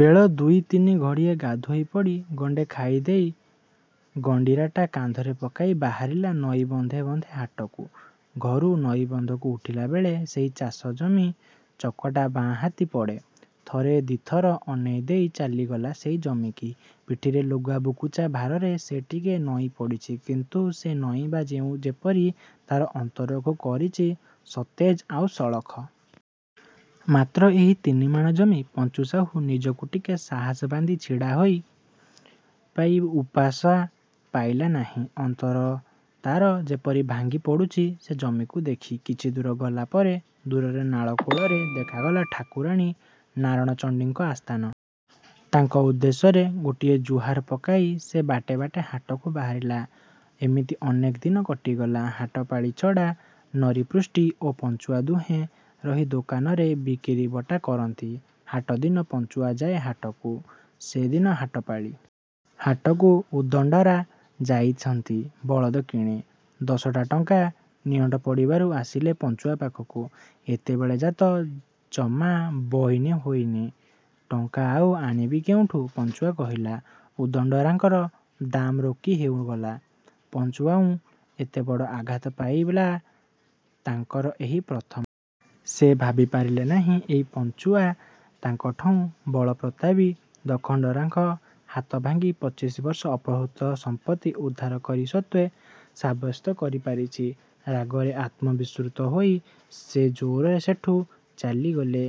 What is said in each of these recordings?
ବେଳ ଦୁଇ ତିନି ଘଡ଼ିକି ଗାଧୋଇ ପଡ଼ି ଗଣ୍ଡେ ଖାଇଦେଇ ଗଣ୍ଡିରାଟା କାନ୍ଧରେ ପକେଇ ବାହାରିଲା ନଈ ବନ୍ଧେ ବନ୍ଧେ ହାଟକୁ। ଘରୁ ନଈବନ୍ଧକୁ ଉଠିଲାବେଳେ ସେହି ଚାଷଜମି ଚକଟା ବାଁ ହାତି ପଡ଼େ। ଥରେ ଦିଥର ଅନେଇଦେଇ ଚାଲିଗଲା ସେଇ ଜମିକି। ପିଠିରେ ଲୁଗା ବୁକୁଚାର ଭାରରେ ସେ ଟିକେ ନଇଁପଡ଼ିଚି କିନ୍ତୁ ସେ ନଇଁବା ଯେପରି ତାର ଅନ୍ତରକୁ କରିଛି ସତେଜ ଆଉ ସଳଖ। ମାତ୍ର ଏହି ତିନିମାଣ ଜମି! ପଞ୍ଚୁସାହୁ ନିଜକୁ ଟିକେ ସାହସ ବାନ୍ଧି ଠିଆ ହେବା ପାଇଁ ଉରସା ପାଇଲା ନାହିଁ, ଅନ୍ତର ତାର ଯେପରି ଭାଙ୍ଗି ପଡ଼ୁଚି ସେ ଜମିକି ଦେଖି। କିଛିଦୂର ଗଲା ପରେ ଦୂରରେ ନାଳ କୂଳରେ ଦେଖାଗଲା ଠାକୁରାଣୀ ନାରଣଚଣ୍ଡୀଙ୍କ ଆସ୍ଥାନ। ତାଙ୍କ ଉଦ୍ଦେଶ୍ୟରେ ଗୋଟିଏ ଜୁହାର ପକାଇ ସେ ବାଟେ ବାଟେ ହାଟକୁ ବାହାରିଗଲା। ଏମିତି ଅନେକ ଦିନ କଟିଗଲା। ହାଟପାଳି ଛଡ଼ା ନରୀପୃଷ୍ଟି ଓ ପଞ୍ଚୁଆ ଦୁହେଁ ରହି ଦୋକାନରେ ବିକିରିବଟା କରନ୍ତି, ହାଟ ଦିନ ପଞ୍ଚୁଆ ଯାଏ ହାଟକୁ। ସେ ଦିନ ହାଟ ପାଳି। ହାଟକୁ ଉଦଣ୍ଡରା' ଯାଇଛନ୍ତି ବଳଦ କିଣି। ଦଶଟା ଟଙ୍କା ନିଅଣ୍ଟ ପଡ଼ିବାରୁ ଆସିଲେ ପଞ୍ଚୁଆ ପାଖକୁ। "ଏତେବେଳେ ଯା'ତ ଜମା ବଇନି ହେଇନି ଟଙ୍କା ଆଉ ଆଣିବି କୋଉଠୁ। " ପଞ୍ଚୁଆ କହିଲା। ଉଦଣ୍ଡରା'ଙ୍କ ଦମ୍ ରୋକି ହୋଇଗଲା। ପଞ୍ଚୁଆଠଉଁ ଏଡ଼େବଡ଼ ଆଘାତ ପାଇବା ତାଙ୍କର ଏହି ପ୍ରଥମ। ସେ ଭାବି ପାରିଲେ ନାହିଁ, ଏଇ ପଞ୍ଚୁଆ, ତାଙ୍କଠଉଁ ବଳ ପ୍ରତାପୀ ଦଖଣ୍ଡରାଙ୍କ ହାତଭାଙ୍ଗି ପଚିଶ ବର୍ଷର ଅପହୃତ ସମ୍ପତ୍ତି ଉଦ୍ଧାର କରି ସତ୍ତ୍ୱ ସାବ୍ୟସ୍ତ କରିପାରିଛି। ରାଗରେ ଆତ୍ମବିସ୍ମୃତ ହୋଇ ସେ ଜୋରରେ ସେଠୁ ଚାଲିଗଲେ।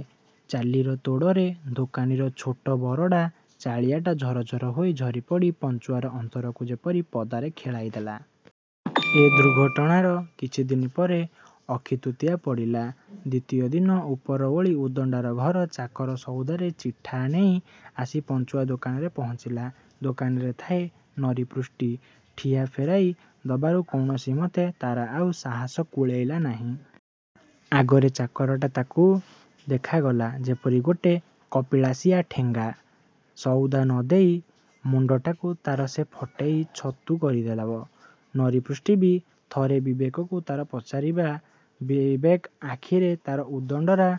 ଚାଲିର ତୋଡ଼ରେ ଦୋକାନର ଛୋଟ ବରଡ଼ା ଚାଳିଆଟା ଝରଝର ହୋଇ ଥରିଉଠି ପଞ୍ଚୁଆର ଅନ୍ତରକୁ ଯେପରି ପଦାରେ ଖେଳେଇଦେଲା। ଏ ଘଟଣାର କିଛିଦିନ ପରେ ଅଖି ତୃତୀୟା ପଡ଼ିଲା। ଦୁତୀୟା ଦିନ ଉପରଓଳି ଉଦଣ୍ଡରା' ଘର ଚାକର ସଉଦାର ଚିଠା ନେଇ ଆସି ପଞ୍ଚୁଆ ଦୋକାନରେ ପହଞ୍ଚିଲା।। ଦୋକାନରେ ଥାଏ ନରୀପୁଷ୍ଟି, ଚିଠା ଫେରେଇ ଦବାକୁ କୌଣସି ମତେ ତାର ଆଉ ସାହାସ କୁଳେଇଲା ନାହିଁ। ଆଗର ଚାକରଟା ତାକୁ ଦେଖାଗଲା ଯେପରି ଗୋଟା କପିଳାଶିଆ ଠେଙ୍ଗା। ସଉଦା ନ ଦେଲେ ମୁଣ୍ଡଟାକୁ ତା'ର ସେ ଫଟେଇ ଛତୁ କରିଦେବ। ନରୀପୃଷ୍ଟି ବି ଥରେ ବିବେକକୁ ତାର ପଚାରିଲା, ବିବେକ ଆଖିରେ ତାର ଉଦଣ୍ଡରା'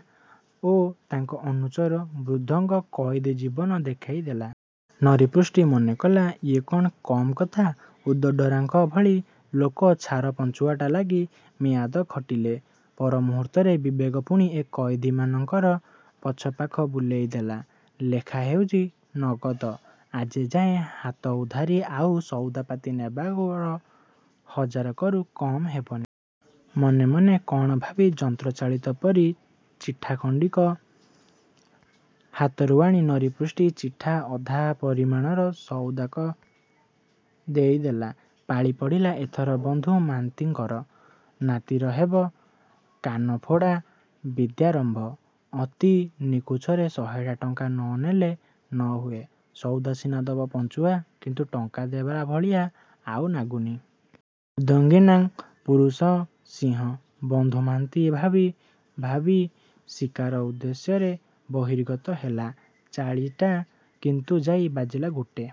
ଓ ତାଙ୍କ ଅନୁଚର ବୃନ୍ଦଙ୍କ କଏଦୀ ଜୀବନ ଦେଖେଇଦେଲା। ନରୀପୁଷ୍ଟି ମନେ କଲା, ଏ କଣ କମ୍ କଥା, ଉଦଣ୍ଡରା'ଙ୍କ ଭଳି ଲୋକ ଛାର ପଞ୍ଚୁଆଟା ଲାଗି ମିଆଦ ଖଟିଲେ। ପରମୁହୂର୍ତ୍ତରେ ବିବେକ ପୁଣି କଏଦୀମାନଙ୍କର ପଛ ପାଖ ବୁଲେଇ ଦେଲା, ଲେଖା ହେଇଚି ନଗଦ, ଆଜିଯାଏ ହାତ ଉଧାରି ଆଉ ସଉଦାପାତି ନେବାର ହଜାରକରୁ କମ୍ ହବନି। ମନେ ମନେ କଣ ଭାବି ଯନ୍ତ୍ର ଚାଳିତ ପରି ଚିଠାଖଣ୍ଡିକ ହାତରୁ ଆଣି ନରୀପୁଷ୍ଟି ଚିଠାର ଅଧା ପରିମାଣରେ ସଉଦାତକ ଦେଇଦେଲା। ପାଳି ପଡ଼ିଲା ଏଥର ବନ୍ଧୁ ମା'ନ୍ତିଙ୍କର। ନାତିର ହେବ କାନଫୋଡ଼ା–ବିଦ୍ୟାରମ୍ଭ। ଅତି ନିକୁଛରେ ଶହେଟା ଟଙ୍କା ନ ହେଲେ ନ ହୁଏ। ସଉଦା ସିନା ଦବ ପଞ୍ଚୁଆ, କିନ୍ତୁ ଟଙ୍କା ଦେଲା ଭଳିଆ ଆଉ ନାଗୁନି। –'ଉଦ୍ଯୋଗୀନାଂ ପୁରୁଷ ସିଂହ' ବନ୍ଧୁ ମା'ନ୍ତିଏ ଭାବି ଭାବି ଶୀକାର ଉଦ୍ଦେଶ୍ୟରେ ବହିର୍ଗତ ହେଲେ। ଚାଳିଟା କିନ୍ତୁ ଯାଇ ବାଜିଲା ଗୋଟା